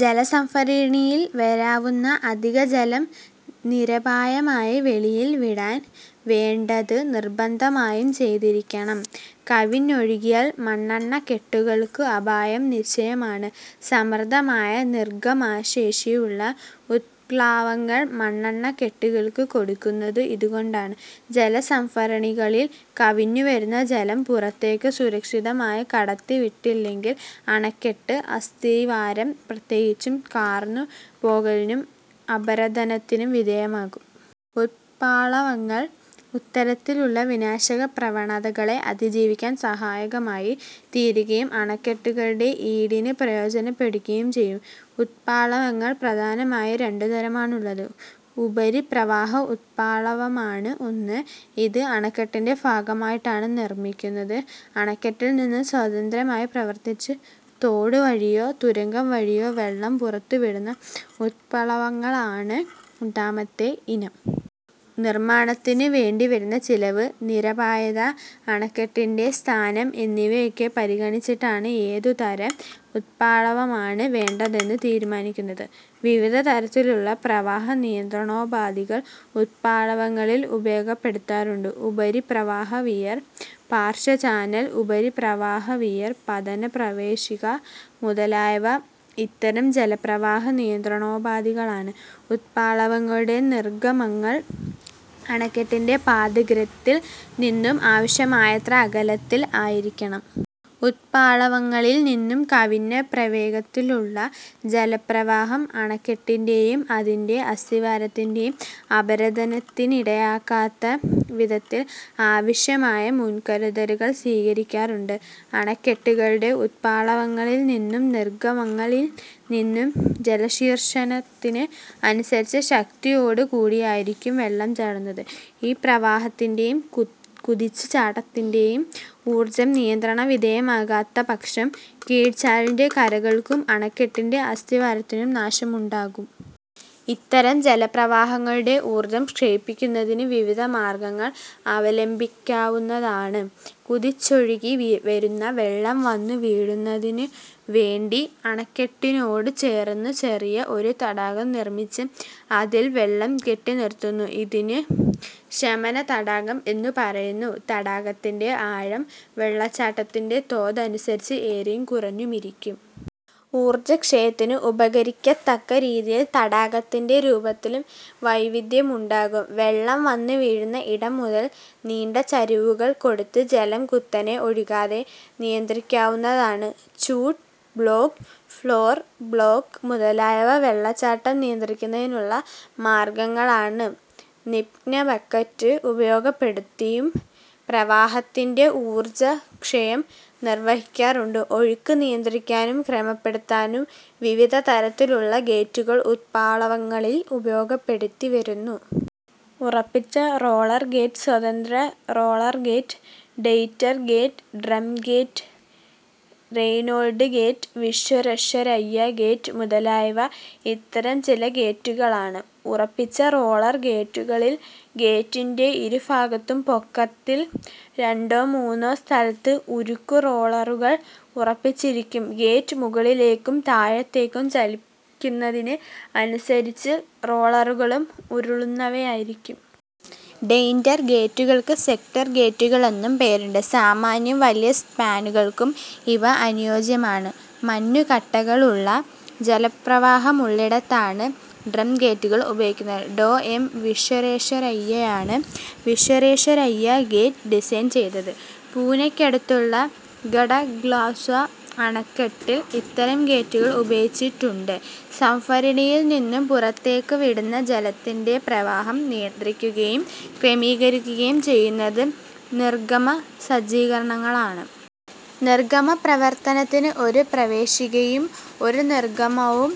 ജലസംഭരണിയിൽ വരാവുന്ന അധിക ജലം നിരപായമായി വെളിയിൽ വിടാൻ വേണ്ടത് നിർബന്ധമായും ചെയ്തിരിയ്ക്കണം. കവിഞ്ഞൊഴുകിയാൽ മണ്ണണക്കെട്ടുകൾക്ക് അപായം നിശ്ചയമാണ്. സമൃദ്ധമായ നിർഗ്ഗമ ശേഷിയുള്ള ഉത്പ്ളാവങ്ങൾ മണ്ണേണ്ണ ക്കെട്ടുകൾക്കു കൊടുക്കുന്നത് ഇതുകൊണ്ടാണ്. ജലസംഭരണികളിൽ കവിഞ്ഞു വരുന്ന ജലം പുറത്തേക്കു സുരക്ഷിതമായി കടത്തി വിട്ടില്ലെങ്കിൽ അണക്കെട്ട്, അസ്ഥിവാരം പ്രത്യേകിച്ചും, കാർന്നു പോകലിനും അപരദനത്തിനും വിധേയമാകും. ഉത്പ്ളാവങ്ങൾ ഇത്തരത്തിലുള്ള വിനാശക പ്രവണതകളെ അതിജീവിക്കാൻ സഹായകമായി തീരുകയും അണക്കെട്ടുകളുടെ ഈടിന് പ്രയോജനപ്പെടുകയും ചെയ്യും. ഉത്പ്ളാവങ്ങൾ പ്രധാനമായി രണ്ടു തരമാണുള്ളത്. ഉപരിപ്രവാഹ ഉത്പ്ളാവമാണ് ഒന്ന്. ഇത് അണക്കെട്ടിന്റെ ഭാഗമായിട്ടാണ് നിർമ്മിക്കുന്നത്. അണക്കെട്ടിൽനിന്നും സ്വതന്ത്രമായി പ്രവർത്തിച്ച് തോടു വഴിയോ തുരങ്കം വഴിയോ വെള്ളം പുറത്തു വിടുന്ന ഉത്പ്ളാവങ്ങളാണ് രണ്ടാമത്തെ ഇനം. നിർമ്മാണത്തിനു വേണ്ടിവരുന്ന ചിലവ്, നിരപായത, അണക്കെട്ടിന്റെ സ്ഥാനം എന്നിവയൊക്കെ പരിഗണിച്ചിട്ടാണ് ഏതു തരം ഉത്പ്ളാവമാണ് വേണ്ടതെന്ന് തീരുമാനിക്കുന്നത്. വിവിധ തരത്തിലുള്ള പ്രവാഹ നിയന്ത്രണോപാധികൾ ഉത്പ്ളാവങ്ങളിൽ ഉപയോഗപ്പെടുത്താറുണ്ട്. 'ഉപരിപ്രവാഹവിയർ', 'പാർശ്വ ചാനൽ ഉപരിപ്രവാഹ വിയർ', 'പതന പ്രവേശിക' മുതലായവ ഇത്തരം ജലപ്രവാഹ നിയന്ത്രണോപാധികളാണ്. ഉത്പ്ളാവങ്ങളുടെ നിർഗ്ഗമങ്ങൾ അണക്കെട്ടിന്റെ പാദാഗ്രത്തിൽ നിന്നും ആവശ്യമായത്ര അകലത്തിൽ ആയിരിക്കണം. ഉത്പ്ളാവങ്ങളിൽ നിന്നും കവിഞ്ഞ പ്രവേഗത്തിലുള്ള ജല പ്രവാഹം അണക്കെട്ടിന്റെയും അതിന്റെ അസ്ഥിവാരത്തിന്റെയും അപരദനത്തിനിടയാകാത്ത വിധത്തിൽ ആവശ്യമായ മുൻകരുതലുകൾ സ്വീകരിക്കാറുണ്ട്. അണക്കെട്ടുകളുടെ ഉത്പ്ളാവങ്ങളിൽ നിന്നും നിർഗ്ഗമങ്ങളിൽ നിന്നും ജലശീർഷനത്തിന് അനുസരിച്ച് ശക്തിയോടു കൂടിയായിരിക്കും വെള്ളം ചാടുന്നത്. ഈ പ്രവാഹത്തിന്റെയും, കുതിച്ചു ചാട്ടത്തിന്റെയും ഊർജ്ജം നിയന്ത്രണ വിധേയമാക്കാത്ത പക്ഷം കീഴ്ചാലിന്റെ കരകൾക്കും അണക്കെട്ടിന്റെ അസ്ഥിവാരത്തിനും നാശമുണ്ടാകും. ഇത്തരം ജലപ്രവാഹങ്ങളുടെ ഊർജ്ജം ക്ഷയിപ്പിക്കുന്നതിന് വിവിധ മാർഗ്ഗങ്ങൾ അവലംബിക്കാവുന്നതാണ്. കുതിച്ചൊഴുകി വരുന്ന വെള്ളം വന്നു വീഴുന്നതിനു വേണ്ടി അണക്കെട്ടിനോടു ചേർന്ന് ചെറിയ ഒരു തടാകം നിർമ്മിച്ച് അതിൽ വെള്ളം കെട്ടി നിർത്തുന്നു. ഇതിന് 'ശമന തടാകം' എന്നു പറയുന്നു. തടാകത്തിന്റെ ആഴം വെള്ളച്ചാട്ടത്തിന്റെ തോതനുസരിച്ച് ഏറിയും കുറഞ്ഞുമിരിക്കും. ഊർജക്ഷയത്തിന് ഉപകരിക്കത്തക്ക രീതിയിൽ തടാകത്തിന്റെ രൂപത്തിലും വൈവിദ്ധ്യമുണ്ടാകും. വെള്ളം വന്നു വീഴുന്ന ഇടം മുതൽ നീണ്ട ചരിവുകൾ കൊടുത്ത് ജലം കുത്തനെ ഒഴുകാതെ നിയന്ത്രിക്കാവുന്നതാണ്. ച്യൂട്ട് ബ്ളോക്ക്, ഫ്ളോർ ബ്ളോക്ക് മുതലായവ വെള്ളച്ചാട്ടം നിയന്ത്രിക്കുന്നതിനുള്ള മാർഗ്ഗങ്ങളാണ്. 'നിമഗ്നബക്കറ്റ്' ഉപയോഗപ്പെടുത്തിയും പ്രവാഹത്തിന്റെ ഊർജ്ജ ക്ഷയം നിർവ്വഹിക്കാറുണ്ട്. ഒഴുക്ക് നിയന്ത്രിക്കാനും ക്രമപ്പെടുത്താനും വിവിധ തരത്തിലുള്ള ഗേറ്റുകൾ ഉത്പ്ളാവങ്ങളിൽ ഉപയോഗപ്പെടുത്തി വരുന്നു. ഉറപ്പിച്ച റോളർ ഗേറ്റ്, സ്വതന്ത്ര roller gate, Tainter gate, drum gate, Reynold gate, Visvesvaraya gate മുതലായവ ഇത്തരം ചില ഗേറ്റുകളാണ്. ഉറപ്പിച്ച റോളർ ഗേറ്റുകളിൽ ഗേറ്റിന്റെ ഇരു ഭാഗത്തും പൊക്കത്തിൽ രണ്ടോ മൂന്നോ സ്ഥലത്ത് ഉരുക്കു റോളറുകൾ ഉറപ്പിച്ചിരിക്കും. ഗേറ്റ് മുകളിലേക്കും താഴത്തേക്കും ചലിക്കുന്നതിന് അനുസരിച്ച് റോളറുകളും ഉരുളുന്നവയായിരിക്കും. ടെയിന്റർ ഗേറ്റുകൾക്ക് സെക്ടർ ഗേറ്റുകളെന്നും പേരുണ്ട്. സാമാന്യം വലിയ സ്പാനുകൾക്കും ഇവ അനുയോജ്യമാണ്. മഞ്ഞു കട്ടകളുള്ള ജലപ്രവാഹമുള്ളിടത്താണ് ഡ്രംഗേറ്റുകൾ ഉപയോഗിക്കുന്നത്. ഡോ. എം. വിശ്വരേശ്വരയ്യയാണ് വിശ്വരേശ്വരയ്യ ഗേറ്റ് ഡിസൈൻ ചെയ്തത്. പൂനയ്ക്കടുത്തുള്ള ഖഡക്വാസ്ല അണക്കെട്ടിൽ ഇത്തരം ഗേറ്റുകൾ ഉപയോഗിച്ചിട്ടുണ്ട്. സംഭരണിയിൽ നിന്നും പുറത്തേക്കു വിടുന്ന ജലത്തിന്റെ പ്രവാഹം നിയന്ത്രിക്കുകയും ക്രമീകരിക്കുകയും ചെയ്യുന്നത് നിർഗ്ഗമ സജ്ജീകരണങ്ങളാണ്. നിർഗ്ഗമ പ്രവർത്തനത്തിന് ഒരു പ്രവേശിക യും, ഒരു നിർഗ്ഗമ വും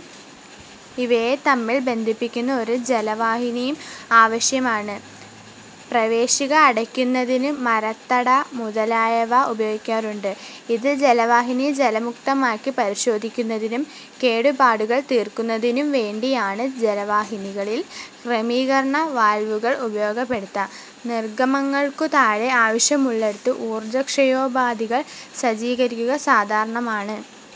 ഇവയെ തമ്മിൽ ബന്ധിക്കുന്ന ഒരു ജലവാഹിനിയും ആവശ്യമാണ്. പ്രവേശിക അടയ്ക്കുന്നതിന് 'മരത്തട' മുതലായവ ഉപയോഗിക്കാറുണ്ട്. ഇത് ജലവാഹിനി ജലമുക്തമാക്കി പരിശോധിക്കുന്നതിനും കേടുപാടുകൾ തീർക്കുന്നതിനും വേണ്ടിയാണ്. ജലവാഹിനികളിൽ ക്രമീകരണ വാൽവുകൾ ഉപയോഗപ്പെടുത്താം. നിർഗ്ഗമങ്ങൾക്കു താഴെ ആവശ്യമുള്ളിടത്ത് ഊർജ്ജക്ഷയോപാധികൾ സജ്ജീകരിക്കുക സാധാരണമാണ്.